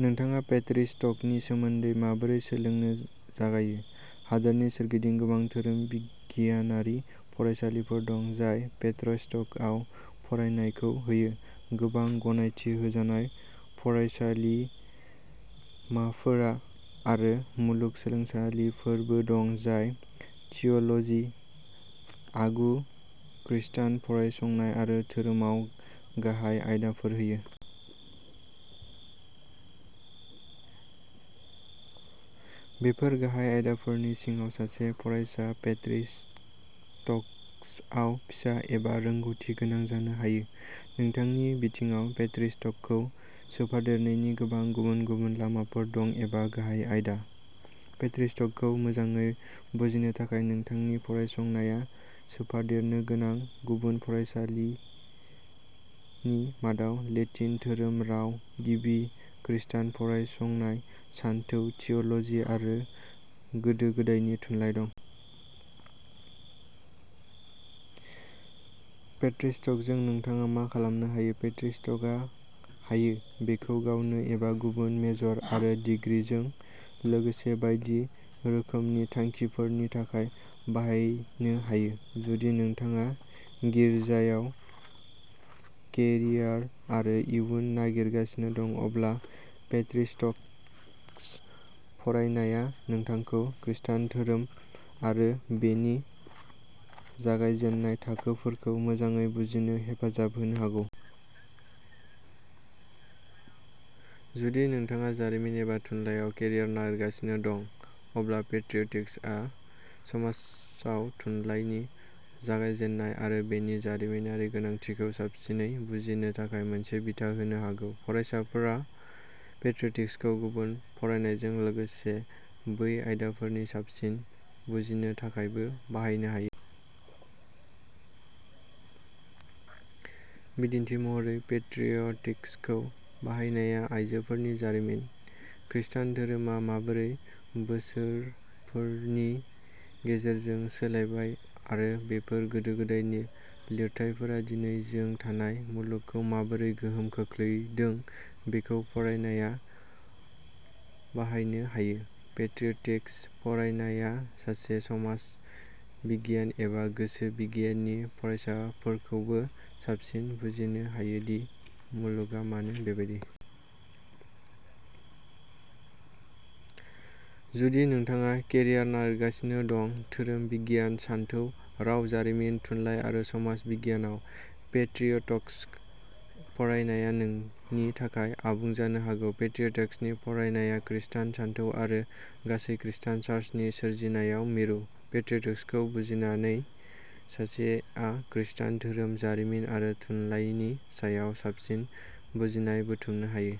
नोंथाङा पेट्रिसटकनि सोमोन्दै माबोरै सोलोंनो जागायो? हादोरनि सोरगिदिं गोबां धोरोम बिगियानारि फरायसालिफोर दं जाय पेट्रयसटकआव फरायनायखौ होयो। गोबां गनायथि होजानाय फरायसालिमाफोरा आरो मुलुग सोलोंसालिफोरबो दं जाय थिय'ल'जि, आगु खृस्टान फरायसंनाय आरो धोरोमाव गाहाय आयदाफोर होयो। बेफोर गाहाय आयदाफोरनि सिङाव, सासे फरायसा पेट्रिस्टक्स आव फिसा एबा रोंग'थि गोनां जानो हायो। नोंथांनि बिथिङाव पेट्रिस्टकखौ सोफादेरनायनि गोबां गुबुन गुबुन लामाफोर दं एबा गाहाय आयदा। पेट्रिस्टकखौ मोजाङै बुजिनो थाखाय नोंथांनि फरायसंनाया सोफादेरनो गोनां गुबुन फरायसालिनि मादाव लेटिन, धोरोम, राव, गिबि खृस्टान फरायसंनाय, सानथौ, थिय'ल'जि आरो गोदो गोदायनि थुनलाइ दं। पेट्रिस्टकजों नोंथाङा मा खालामनो हायो? पेट्रिस्टकआ हायो। बेखौ गावनो एबा गुबुन मेजर आरो डिग्रीजों लोगोसे बायदि रोखोमनि थांखिफोरनि थाखाय बाहायनो हायो। जुदि नोंथाङा गिर्जायाव केरियार आरो इयुन नागिरगासिनो दं, अब्ला पेट्रिस्टक्स फरायनाया नोंथांखौ खृस्टान धोरोम आरो बेनि जागायजेन्नाय थाखोफोरखौ मोजाङै बुजिनो हेफाजाब होनो हागौ। जुदि नोंथाङा जारिमिन एबा थुनलाइयाव केरियार नागिरगासिनो दं, अब्ला पेट्रियटिक्सआ समाजाव थुनलाइनि जागायजेन्नाय आरो बेनि जारिमिनारि गोनांथिखौ साबसिनै बुजिनो थाखाय मोनसे बिथा होनो हागौ। फरायसाफ्रा पेट्रिटिक्सखौ गुबुन फरायनायजों लोगोसे बै आयदाफोरनि साबसिन बुजिनो थाखायबो बाहायनो हायो। बिदिन्थि महरै, पेट्रियटिक्सखौ बाहायनाया आइजोफोरनि जारिमिन, खृष्टान धोरोमा माबोरै बोसोरफोरनि गेजेरजों सोलायबाय आरो बेफोर गोदो गोदायनि लिरथाइफोरा दिनै जों थानाय मुलुगखौ माबोरै गोहोम खोख्लैदों बेखौ फरायनाया बाहायनो हायो। पेट्रियटिक्स फरायनाया सासे समाज बिगियान एबा गोसो बिगियाननि फरायसाफोरखौबो साबसिन बुजिनो हायो दि मुलुगआ मानो बेबायदि। जुदि नोंथाङा केरियार नागिरगासिनो दं। धोरोम बिगियान, सानथौ, राव, जारिमिन, थुनलाइ आरो समाज बिगियानाव, पेट्रियटक्स फरायनाया नोंनि थाखाय आबुं जानो हागौ। पेट्रियटक्सनि फरायनाया खृस्टान सानथौ आरो गासै खृस्टान चार्चनि सोरजिनायाव मिरु। पेट्रियटक्सखौ बुजिनानै, सासेया खृस्टान धोरोम, जारिमिन आरो थुनलाइनि सायाव साबसिन बुजिनाय बुथुमनो हायो।